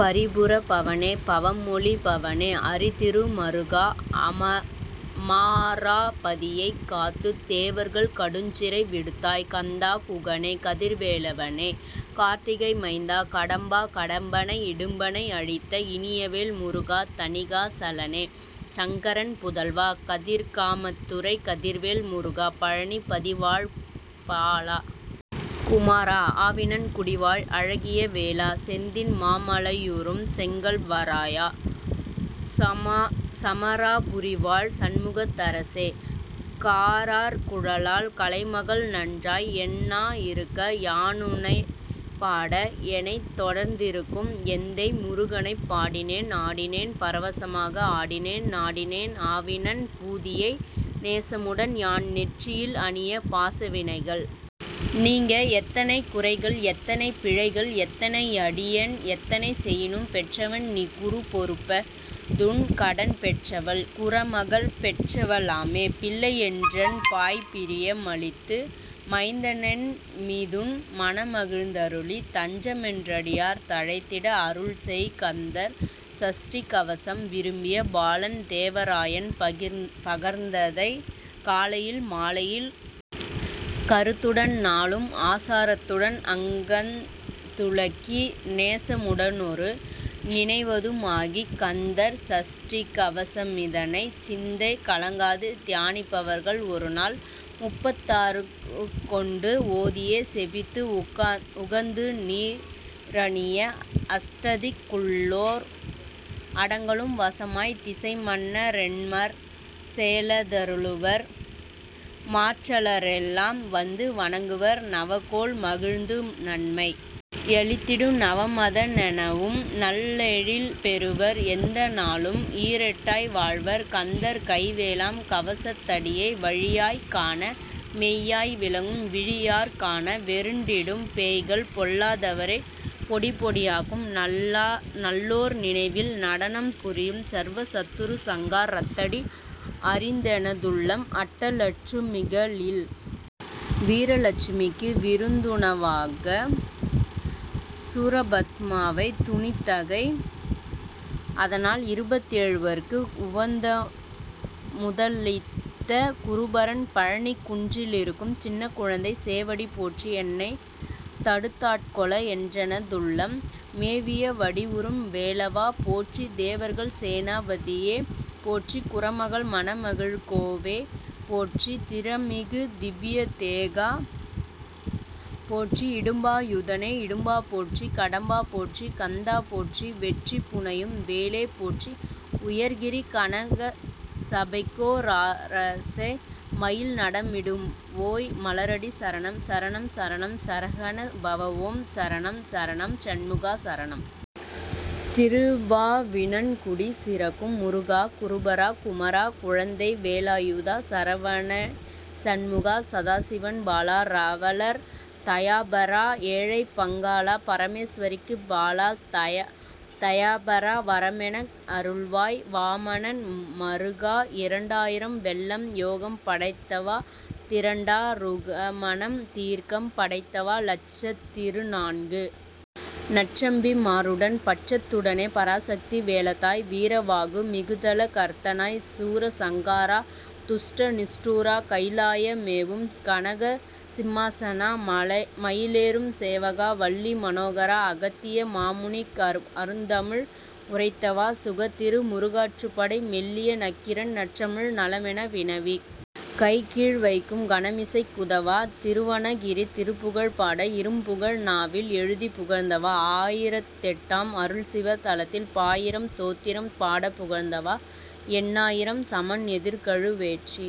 பரிபுர பவனே பவமொளி பவனே அரிதிரு மருகா அமாராபதியைக் காத்துத் தேவர்கள் கடுஞ்சிறை விடுத்தாய் கந்தா குகனே கதிர் வேலவனே கார்த்திகை மைந்தா கடம்பா கடம்பனை இடும்பனை அழித்த இனியவேல் முருகா தணிகா சலனே சங்கரன் புதல்வா கதிர்காமத்துறை கதிர்வேல் முருகா பழநிப் பதிவாழ் பால குமாரா ஆவினன்குடிவாழ் அழகிய வேலா செந்தின் மாமலையுறும் செங்கல்வராயா சமராபுரிவாழ் சண்முகத் தரசே காரார் குழலாள் கலைமகள் நன்றாய் என் நாஇருக்க யானுனைப் பாட எனைத்தொடர்ந்திருக்கும் எந்தை முருகனைப் பாடினேன் ஆடினேன் பரவசமாக ஆடினேன் நாடினேன் ஆவினன் பூதியை நேசமுடன் யான் நெற்றியில் அணியப் பாசவினைகள் நீங்க எத்தனைகுறைகள் எத்தனை பிழைகள் எத்தனை யடியேன் எத்தனை செயினும் பெற்றவன் நீகுரு பொறுப்ப துன்கடன் பெற்றவள் குறமகள் பெற்றவ ளாமே பிள்ளையென்றன்பாய்ப் பிரிய மளித்து மைந்தனென்மீதுன் மனமகிழ்ந் தருளி தஞ்சமென்றடியார் தழைத்திட அருள்செய் கந்தர் சஷ்டிகவசம் விரும்பிய பாலன் தேவராயன் பகர்ந்ததை காலையில் மாலையில் கருத்துடன் நாளும் ஆசா ரத்துடன் அங்கந் துலக்கி நேசமுடனொரு நினைவதுமாகிக் கந்தர் சஷ்டிக்கவசமிதனைச் சிந்தை கலங்காது தியானிப்பவர்கள் ஒருநாள் முப்பத்தாறுருக்கொண்டு ஓதியே செபித்து உகந்துநீ றணிய அஷ்டதிக் குள்ளோர் அடங்கலும் வசமாய்த் திசைமன்ன ரெண்மர் செயல தருளுவர் மாற்றலரெல்லாம் வந்து வணங்குவர் நவகோள் மகிழ்ந்து நன்மை யளித்திடும் நவமத னெனவும் நல்லெழில் பெறுவர் எந்த நாளும் ஈரெட்டாய் வாழ்வர் கந்தர் கைவேலாம் கவசத் தடியை வழியாய்க்காண மெய்யாய் விளங்கும் விழியாற்காண வெருண்டிடும் பேய்கள் பொல்லா தவரைப் பொடிபொடியாக்கும் நல்லோர் நினைவில் நடனம் புரியும் சர்வ சத்துரு சங்கா ரத்தடி அறிந்தெனதுள்ளம் அட்டலட்சு மிகளில் வீரலட்சுமிக்கு விருந்துணவாகச் சூரபத்மாவைத் துணித்தகை அதனால் இருபத் தேழ்வர்க்கு உவந்தமு தளித்த குருபரன் பழநிக் குன்றிலி ருக்கும் சின்னக் குழந்தை சேவடி போற்றி எனைத்தடுத் தாட்கொள என்றன துள்ளம் மேவிய வடிவுறும் வேலவா போற்றி தேவர்கள் சேனா பதியே போற்றி குறமகள் மனமகிழ்கோவே போற்றி திறமிகு திவ்விய தேகா போற்றி இடும்பா யுதனே இடும்பா போற்றி கடம்பா போற்றி கந்தா போற்றி வெட்சி புனையும் வேளே போற்றி உயர்கிரி கனகசபைக்கோ ரரசே மயில் நடமிடுவோய் மலரடி சரணம் சரணம் சரணம் சரஹண பவஓம் சரணம் சரணம் சண்முகா சரணம்! திருவாவினன்குடி சிறக்கும் முருகா குருபரா குமரா குழந்தைவே லாயுதா சரவணை சண்முகா சதாசிவன் பாலா இரவலர் தயாபரா ஏழைபங் காளா பரமேஸ் வரிக்குப் பாலா தயாபரா வரமெனக் அருள்வாய் வாமனன் மருகா இரண்டா யிரம் வெள்ளம் யோகம் படைத்தவா திரண்டா ருகமனம் தீர்க்கம் படைத்தவா இலட்சத்திருநான்கு நற்றம்பி மாருடன் பட்சத்துடனே பராசக்தி வேலதாய் வீர வாகு மிகுதள கர்த்தனாய் சூர சங்காரா துஷ்ட நிஷ்டூரா கயிலாய மேவும் கனக சிம்மாசனா மயிலேறும் சேவகா வள்ளி மனோகரா அகத்திய மாமுனிக் அருந்தமிழ் உரைத்தவா சுகத்திரு முறுகாற் றுப்படை சொல்லிய நக்கீரன் நற்றமிழ் நலமென வினவிக் கைக்கீழ் வைக்கும் கனமிசைக் குதவா திருவருணகிரி திருப்புகழ் பாட இரும்புகழ் நாவில் எழுதிப் புகழ்ந்தவா ஆயிரத்தெட்டாம் அருள்சிவ தலத்தில் பாயிரம் தோத்திரம் பாடப் புகழ்ந்தவா எண்ணா யிரம் சமண் எதிர்கழு வேற்றி